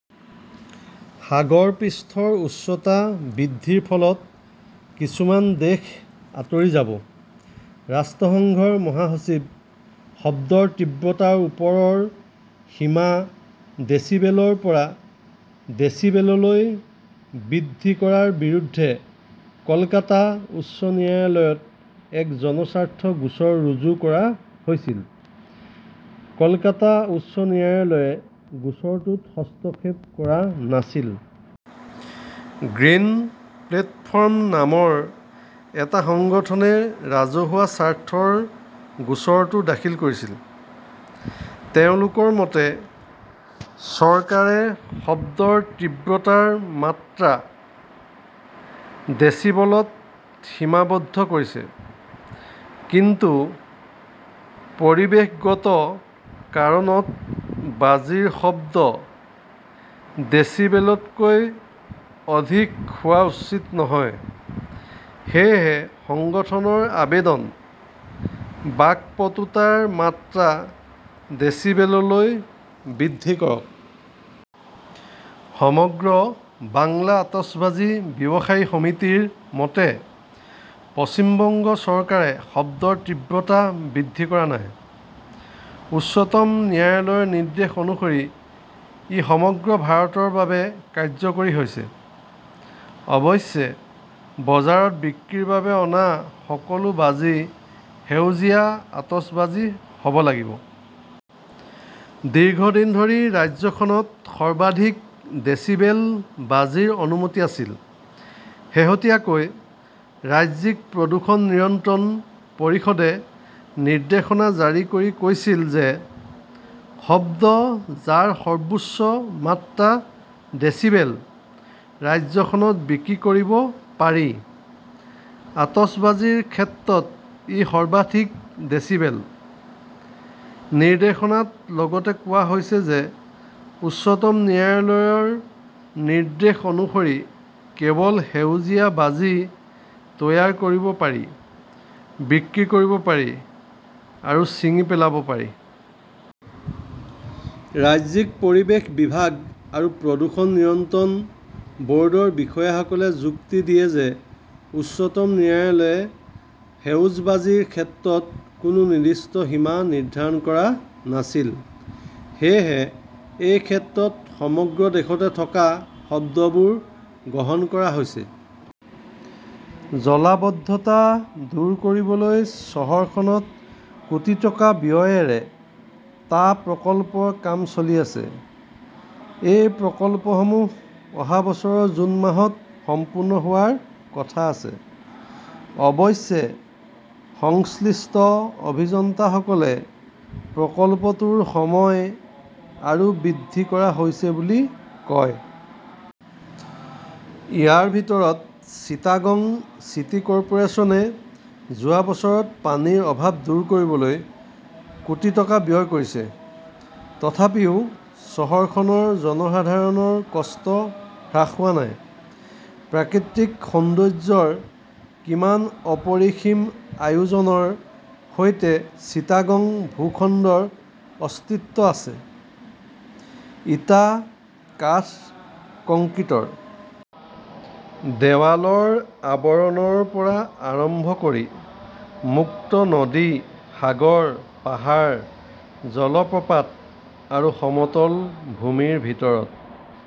সাগৰ পৃষ্ঠৰ উচ্চতা বৃদ্ধিৰ ফলত কিছুমান দেশ আঁতৰি যাবঃ ৰাষ্ট্ৰসংঘৰ মহাসচিব শব্দৰ তীব্ৰতাৰ ওপৰৰ সীমা ডেছিবেলৰ পৰা ডেছিবেললৈ বৃদ্ধি কৰাৰ বিৰুদ্ধে কলকাতা উচ্চ ন্যায়ালয়ত এক জনস্বাৰ্থ গোচৰ ৰুজু কৰা হৈছিল। কলকাতা উচ্চ ন্যায়ালয়ে গোচৰটোত হস্তক্ষেপ কৰা নাছিল। 'গ্ৰীণ প্লেটফৰ্ম "নামৰ এটা সংগঠনে ৰাজহুৱা স্বাৰ্থৰ গোচৰটো দাখিল কৰিছিল। তেওঁলোকৰ মতে, চৰকাৰে শব্দৰ তীব্ৰতাৰ মাত্ৰা ডেছিবলত সীমাবদ্ধ কৰিছে। কিন্তু পৰিৱেশগত কাৰণত বাজিৰ শব্দ ডেসিবেলতকৈ অধিক হোৱা উচিত নহয়। সেয়েহে সংগঠনৰ আবেদন, বাকপটুতাৰ মাত্ৰা ডেসিবেললৈ বৃদ্ধি কৰক। সমগ্ৰ বাংলা আতচবাজী ব্যৱসায়ী সমিতিৰ মতে, পশ্চিম বংগ চৰকাৰে শব্দৰ তীব্ৰতা বৃদ্ধি কৰা নাই। উচ্চতম ন্যায়ালয়ৰ নিৰ্দেশ অনুসৰি ই সমগ্ৰ ভাৰতৰ বাবে কাৰ্যকৰী হৈছে। অৱশ্যে, বজাৰত বিক্ৰীৰ বাবে অনা সকলো বাজি সেউজীয়া আতচবাজী হ 'ব লাগিব। দীৰ্ঘদিন ধৰি ৰাজ্যখনত সৰ্বাধিক ডেচিবেল বাজিৰ অনুমতি আছিল। শেহতীয়াকৈ ৰাজ্যিক প্ৰদূষণ নিয়ন্ত্ৰণ পৰিষদে নিৰ্দেশনা জাৰি কৰি কৈছিল যে শব্দ, যাৰ সৰ্বোচ্চ মাত্ৰা ডেছিবেল, ৰাজ্যখনত বিক্ৰী কৰিব পাৰি। আতচবাজীৰ ক্ষেত্ৰত ই সৰ্বাধিক ডেচিবেল। নিৰ্দেশনাত লগতে কোৱা হৈছে যে উচ্চতম ন্যায়ালয়ৰ নিৰ্দেশ অনুসৰি কেৱল সেউজীয়া বাজি তৈয়াৰ কৰিব পাৰি, বিক্ৰী কৰিব পাৰি আৰু ছিঙি পেলাব পাৰি। ৰাজ্যিক পৰিৱেশ বিভাগ আৰু প্ৰদূষণ নিয়ন্ত্ৰণ ব "ৰ্ডৰ বিষয়াসকলে যুক্তি দিয়ে যে উচ্চতম ন্যায়ালয়ে সেউজ বাজিৰ ক্ষেত্ৰত কোনো নিৰ্দিষ্ট সীমা নিৰ্ধাৰণ কৰা নাছিল। সেয়েহে এই ক্ষেত্ৰত সমগ্ৰ দেশতে থকা শব্দবোৰ গ্ৰহণ কৰা হৈছে। জলাবদ্ধতা দূৰ কৰিবলৈ চহৰখনত কোটি টকা ব্যয়েৰে টা প্ৰকল্পৰ কাম চলি আছে। এই প্ৰকল্পসমূহ অহা বছৰৰ জুন মাহত সম্পূৰ্ণ হোৱাৰ কথা আছে। অৱশ্যে, সংশ্লিষ্ট অভিযন্তাসকলে প্ৰকল্পটোৰ সময় আৰু বৃদ্ধি কৰা হৈছে বুলি কয়। ইয়াৰ ভিতৰত চিটাগং চিটি কৰ্পোৰেচনে যোৱা বছৰত পানীৰ অভাৱ দূৰ কৰিবলৈ কোটি টকা ব্যয় কৰিছে। তথাপিও চহৰখনৰ জনসাধাৰণৰ কষ্ট হ্ৰাস হোৱা নাই। প্ৰাকৃতিক সৌন্দৰ্য্যৰ কিমান অপৰিসীম আয়োজনৰ সৈতে চিটাগং ভূখণ্ডৰ অস্তিত্ব আছে! ইটা-কাঠ-কংক্ৰিটৰ দেৱালৰ আৱৰণৰ পৰা আৰম্ভ কৰি মুক্ত নদী, সাগৰ, পাহাৰ, জলপ্ৰপাত আৰু সমতল ভূমিৰ ভিতৰত